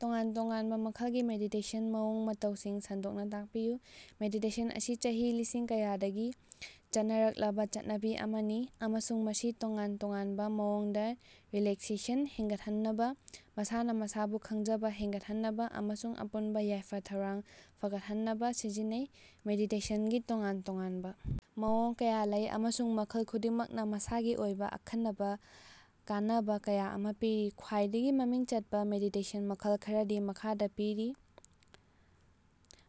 ꯇꯣꯉꯥꯟ-ꯇꯣꯉꯥꯟꯕ ꯃꯈꯜꯒꯤ ꯃꯦꯗꯤꯇꯦꯁꯟꯒꯤ ꯃꯑꯣꯡ-ꯃꯇꯧꯁꯤꯡ ꯁꯟꯗꯣꯛꯅ‌ ꯇꯥꯛꯄꯤꯌꯨ꯫ ꯃꯦꯗꯤꯇꯦꯁꯟ ꯑꯁꯤ ꯆꯍꯤ ꯂꯤꯁꯤꯡ ꯀꯌꯥꯗꯒꯤ ꯆꯠꯅꯔꯛꯂꯕ‌ ꯆꯠꯅꯕꯤ ꯑꯃꯅꯤ ꯑꯃꯁꯨꯡ ꯃꯁꯤ ꯇꯣꯉꯥꯟ ꯇꯣꯉꯥꯟꯕ ꯃꯑꯣꯡꯗ ꯔꯤꯂꯦꯛꯁꯦꯁꯟ ꯍꯦꯟꯒꯠꯍꯟꯅꯕ, ꯃꯁꯥꯅ ꯃꯁꯥꯕꯨ ꯈꯪꯖꯕ ꯍꯦꯟꯒꯠꯍꯟꯅꯕ ꯑꯃꯁꯨꯡ ꯑꯄꯨꯟꯕ ꯌꯥꯏꯐ-ꯊꯧꯔꯥꯡ ꯐꯒꯠꯍꯟꯅꯕ ꯁꯤꯖꯤꯟꯅꯩ꯫ ꯃꯦꯗꯤꯇꯦꯁꯟꯒꯤ ꯇꯣꯉꯥꯟ ꯇꯣꯉꯥꯟꯕ ꯃꯑꯣꯡ ꯀꯌꯥ ꯂꯩ, ꯑꯃꯁꯨꯡ ꯃꯈꯜ ꯈꯨꯗꯤꯡꯃꯛꯅ ꯃꯁꯥꯒꯤ ꯑꯣꯏꯕ ꯑꯈꯟꯅꯕ ꯀꯥꯟꯅꯕ ꯀꯌꯥ ꯑꯃ ꯄꯤꯔꯤ꯫ ꯈ꯭ꯋꯥꯏꯗꯒꯤ ꯃꯃꯤꯡ ꯆꯠꯄ ꯃꯦꯗꯤꯇꯦꯁꯟ ꯃꯈꯜ ꯈꯔꯗꯤ ꯃꯈꯥꯗ ꯄꯤꯔꯤ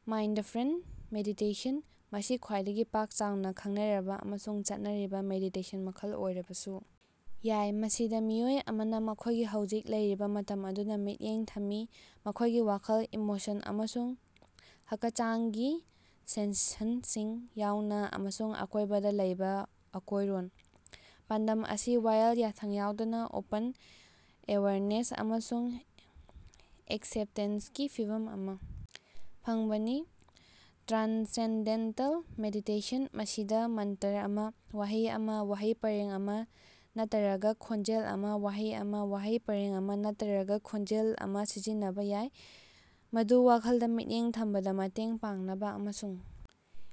ꯃꯥꯏꯟꯗꯐ꯭ꯔꯦꯟꯗ ꯃꯦꯗꯤꯇꯦꯁꯟ - ꯃꯁꯤ ꯈ꯭ꯋꯥꯏꯗꯒꯤ ꯄꯥꯛ-ꯆꯥꯎꯅ ꯈꯪꯅꯔꯕ ꯑꯃꯁꯨꯡ ꯆꯠꯅꯔꯤꯕ ꯃꯦꯗꯤꯇꯦꯁꯟ ꯃꯈꯜ ꯑꯣꯏꯔꯕꯁꯨ ꯌꯥꯏ, ꯃꯁꯤꯗ ꯃꯤꯑꯣꯏ ꯑꯃꯅ ꯃꯈꯣꯏꯒꯤ ꯍꯧꯖꯤꯛ ꯂꯩꯔꯤꯕ ꯃꯇꯝ ꯑꯗꯨꯗ ꯃꯤꯠꯌꯦꯡ ꯊꯝꯃꯤ, ꯃꯈꯣꯏꯒꯤ ꯋꯥꯈꯜ, ꯏꯃꯣꯁꯟ ꯑꯃꯁꯨꯡ ꯍꯀꯆꯥꯡꯒꯤ ꯁꯦꯟ꯭ꯁꯟꯁꯤꯡ ꯌꯥꯎꯅ, ꯑꯃꯁꯨꯡ ꯑꯀꯣꯏꯕꯗ ꯂꯩꯕ ꯑꯀꯣꯏꯔꯣꯟ꯫ ꯄꯥꯟꯗꯝ ꯑꯁꯤ ꯋꯥꯌꯦꯜ ꯌꯥꯊꯪ ꯌꯥꯎꯗꯅ ꯑꯣꯄꯟ ꯑꯦꯋꯦꯌꯔꯅꯦꯁ ꯑꯃꯁꯨꯡ ꯑꯦꯛꯁꯦꯞꯇꯦꯟꯁꯀꯤ ꯐꯤꯚꯝ ꯑꯃ ꯐꯪꯕꯅꯤ꯫ ꯇ꯭ꯔꯥꯟꯁꯦꯟꯗꯦꯟꯇꯜ ꯃꯦꯗꯤꯇꯦꯁꯟ - ꯃꯁꯤꯗ ꯃꯟꯇꯔ ꯑꯃ – ꯋꯥꯍꯩ ꯑꯃ, ꯋꯥꯍꯩ ꯄꯔꯦꯡ ꯑꯃ ꯅꯠꯇꯔꯒ ꯈꯣꯟꯖꯦꯜ ꯑꯃ -ꯋꯥꯍꯩ ꯑꯃ, ꯋꯥꯍꯩ ꯄꯥꯔꯦꯡ ꯑꯃ ꯅꯠꯇꯔꯒ ꯈꯣꯟꯖꯦꯜ ꯑꯃ ꯁꯤꯖꯤꯟꯅꯕ ꯌꯥꯏ, ꯃꯗꯨ ꯋꯥꯈꯜꯗ ꯃꯤꯠꯌꯦꯡ ꯊꯝꯕꯗ ꯃꯇꯦꯡ ꯄꯥꯡꯅꯕ ꯑꯃꯁꯨꯡ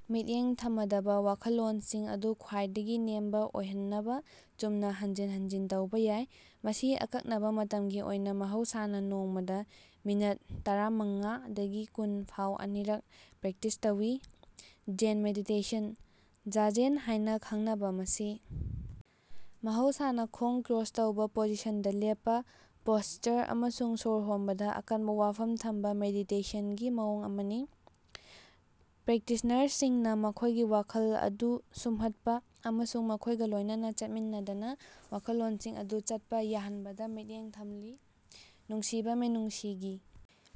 ꯃꯤꯠꯌꯦꯡ ꯊꯃꯗꯕ ꯋꯥꯈꯜꯂꯣꯟꯁꯤꯡ ꯑꯗꯨ ꯈ꯭ꯋꯥꯏꯗꯒꯤ ꯅꯦꯝꯕ‌ ꯑꯣꯏꯍꯟꯅꯕ ꯆꯨꯝꯅ ꯍꯟꯖꯤꯟ ꯍꯟꯖꯤꯟ ꯇꯧꯕ ꯌꯥꯏ꯫ ꯃꯁꯤ ꯑꯀꯛꯅꯕ ꯃꯇꯝꯒꯤ ꯑꯣꯏꯅ, ꯃꯍꯧꯁꯥꯅ ꯅꯣꯡꯃꯗ ꯃꯤꯅꯠ ꯇꯔꯥꯃꯪꯉꯥ ꯗꯒꯤ ꯀꯨꯟ ꯐꯥꯎ ꯑꯅꯤꯔꯛ ꯄ꯭ꯔꯦꯛꯇꯤꯁ ꯇꯧꯏ꯫ ꯖꯦꯟ ꯃꯦꯗꯤꯇꯦꯁꯟ - ꯖꯥꯖꯦꯟ ꯍꯥꯏꯅ ꯈꯪꯅꯕ ꯃꯁꯤ ꯃꯍꯧꯁꯥꯅ ꯈꯣꯡ ꯀ꯭ꯔꯣꯁ ꯇꯧꯕ ꯄꯣꯖꯤꯁꯟꯗ ꯂꯦꯞꯄ, ꯄꯣꯁꯆꯔ ꯑꯃꯁꯨꯡ ꯁꯣꯔ ꯍꯣꯟꯕꯗ ꯑꯀꯟꯕ ꯋꯥꯐꯝ ꯊꯝꯕ ꯃꯦꯗꯤꯇꯦꯁꯟꯒꯤ ꯃꯑꯣꯡ ꯑꯃꯅꯤ꯫ ꯄ꯭ꯔꯦꯛꯇꯤꯁꯅꯔꯁꯤꯡꯅ ꯃꯈꯣꯏꯒꯤ ꯋꯥꯈꯜ ꯑꯗꯨ ꯁꯨꯝꯍꯠꯄ ꯑꯃꯁꯨꯡ ꯃꯈꯣꯏꯒ ꯂꯣꯏꯅꯅ ꯆꯠꯃꯤꯟꯅꯗꯅ ꯋꯥꯈꯜꯂꯣꯟꯁꯤꯡ ꯑꯗꯨ ꯆꯠꯄ ꯌꯥꯍꯟꯕꯗ ꯃꯤꯠꯌꯦꯡ ꯊꯝꯂꯤ꯫ ꯅꯨꯡꯁꯤꯕ ꯃꯤꯅꯨꯡꯁꯤꯒꯤ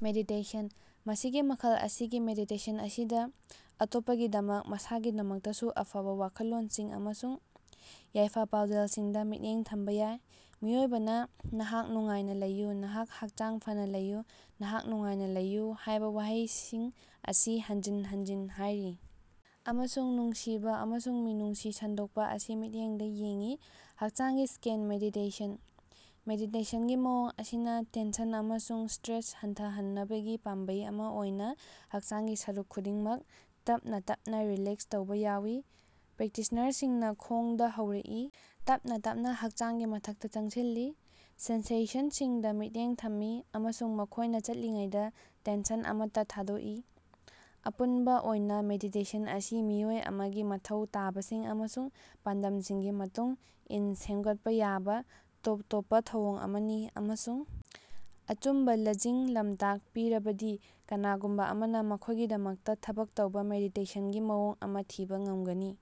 ꯃꯦꯗꯤꯇꯦꯁꯟ - ꯃꯁꯤꯒꯤ ꯃꯈꯜ ꯑꯁꯤꯒꯤ ꯃꯦꯗꯤꯇꯦꯁꯟ ꯑꯁꯤꯗ ꯑꯇꯣꯞꯄꯒꯤꯗꯃꯛ, ꯃꯁꯥꯒꯤꯗꯃꯛꯇꯁꯨ ꯑꯐꯕ ꯋꯥꯈꯜꯂꯣꯟꯁꯤꯡ ꯑꯃꯁꯨꯡ ꯌꯥꯏꯐ-ꯄꯥꯎꯖꯦꯜꯁꯤꯡꯗ ꯃꯤꯠꯌꯦꯡ ꯊꯝꯕ ꯌꯥꯏ꯫ ꯃꯤꯑꯣꯏꯕꯅ ꯅꯍꯥꯛ ꯅꯨꯡꯉꯥꯏꯅ ꯂꯩꯌꯨ, ꯅꯍꯥꯛ ꯍꯛꯆꯥꯡ ꯐꯅ ꯂꯩꯌꯨ, ꯅꯍꯥꯛ ꯅꯨꯡꯉꯥꯏꯅ ꯂꯩꯌꯨ‌ ꯍꯥꯏꯕ ꯋꯥꯍꯩꯁꯤꯡ ꯑꯁꯤ ꯍꯟꯖꯤꯟ ꯍꯟꯖꯤꯟ ꯍꯥꯏꯔꯤ ꯑꯃꯁꯨꯡ ꯅꯨꯡꯁꯤꯕ ꯑꯃꯁꯨꯡ ꯃꯤꯅꯨꯡꯁꯤ ꯁꯟꯗꯣꯛꯄ ꯑꯁꯤ ꯃꯤꯠꯌꯦꯡꯗ ꯌꯦꯡꯏ꯫ ꯍꯛꯆꯥꯡꯒꯤ ꯁ꯭ꯀꯦꯟ ꯃꯦꯗꯤꯇꯦꯁꯟ - ꯃꯦꯗꯤꯇꯦꯁꯟꯒꯤ ꯃꯑꯣꯡ ꯑꯁꯤꯅ ꯇꯦꯟꯁꯟ ꯑꯃꯁꯨꯡ ꯁ꯭ꯇꯔꯦꯁ ꯍꯟꯊꯍꯟꯅꯕꯒꯤ ꯄꯥꯝꯕꯩ ꯑꯃ ꯑꯣꯏꯅ ꯍꯛꯆꯥꯡꯒꯤ ꯁꯔꯨꯛ ꯈꯨꯗꯤꯡꯃꯛ ꯇꯞꯅ ꯇꯞꯅ ꯔꯤꯂꯦꯛꯁ ꯇꯧꯕ ꯌꯥꯎꯏ꯫ ꯄ꯭ꯔꯦꯛꯇꯤꯁꯅꯔꯁꯤꯡꯅ ꯈꯣꯡꯗ ꯍꯧꯔꯛꯏ, ꯇꯞꯅ ꯇꯞꯅ ꯍꯛꯆꯥꯡꯒꯤ ꯃꯊꯛꯇ ꯆꯪꯁꯤꯜꯂꯤ, ꯁꯦꯟ꯭ꯁꯟꯁꯤꯡꯗ ꯃꯤꯠꯌꯦꯡ ꯊꯝꯃꯤ ꯑꯃꯁꯨꯡ ꯃꯈꯣꯏꯅ ꯆꯠꯂꯤꯉꯩꯗ ꯇꯦꯟꯁꯟ ꯑꯃꯠꯇ ꯊꯥꯗꯣꯛꯏ꯫ ꯑꯄꯨꯟꯕ ꯑꯣꯏꯅ, ꯃꯦꯗꯤꯇꯦꯁꯟ ꯑꯁꯤ ꯃꯤꯑꯣꯏ ꯑꯃꯒꯤ ꯃꯊꯧ ꯇꯥꯕꯁꯤꯡ ꯑꯃꯁꯨꯡ ꯄꯥꯟꯗꯝꯁꯤꯡꯒꯤ ꯃꯇꯨꯡ ꯏꯟ ꯁꯦꯝꯒꯠꯄ‌ ꯌꯥꯕ ꯇꯣꯞ ꯇꯣꯞꯄ ꯊꯧꯑꯣꯡ ꯑꯃꯅꯤ ꯑꯃꯁꯨꯡ ꯑꯆꯨꯝꯕ ꯂꯖꯤꯡ-ꯂꯝꯇꯥꯛ ꯄꯤꯔꯕꯗꯤ ꯀꯅꯥꯒꯨꯝꯕ ꯑꯃꯅ ꯃꯈꯣꯏꯒꯤꯗꯃꯛꯇ ꯊꯕꯛ ꯇꯧꯕ ꯃꯦꯗꯤꯇꯦꯁꯟꯒꯤ ꯃꯑꯣꯡ ꯑꯃ ꯊꯤꯕ ꯉꯝꯒꯅꯤ꯫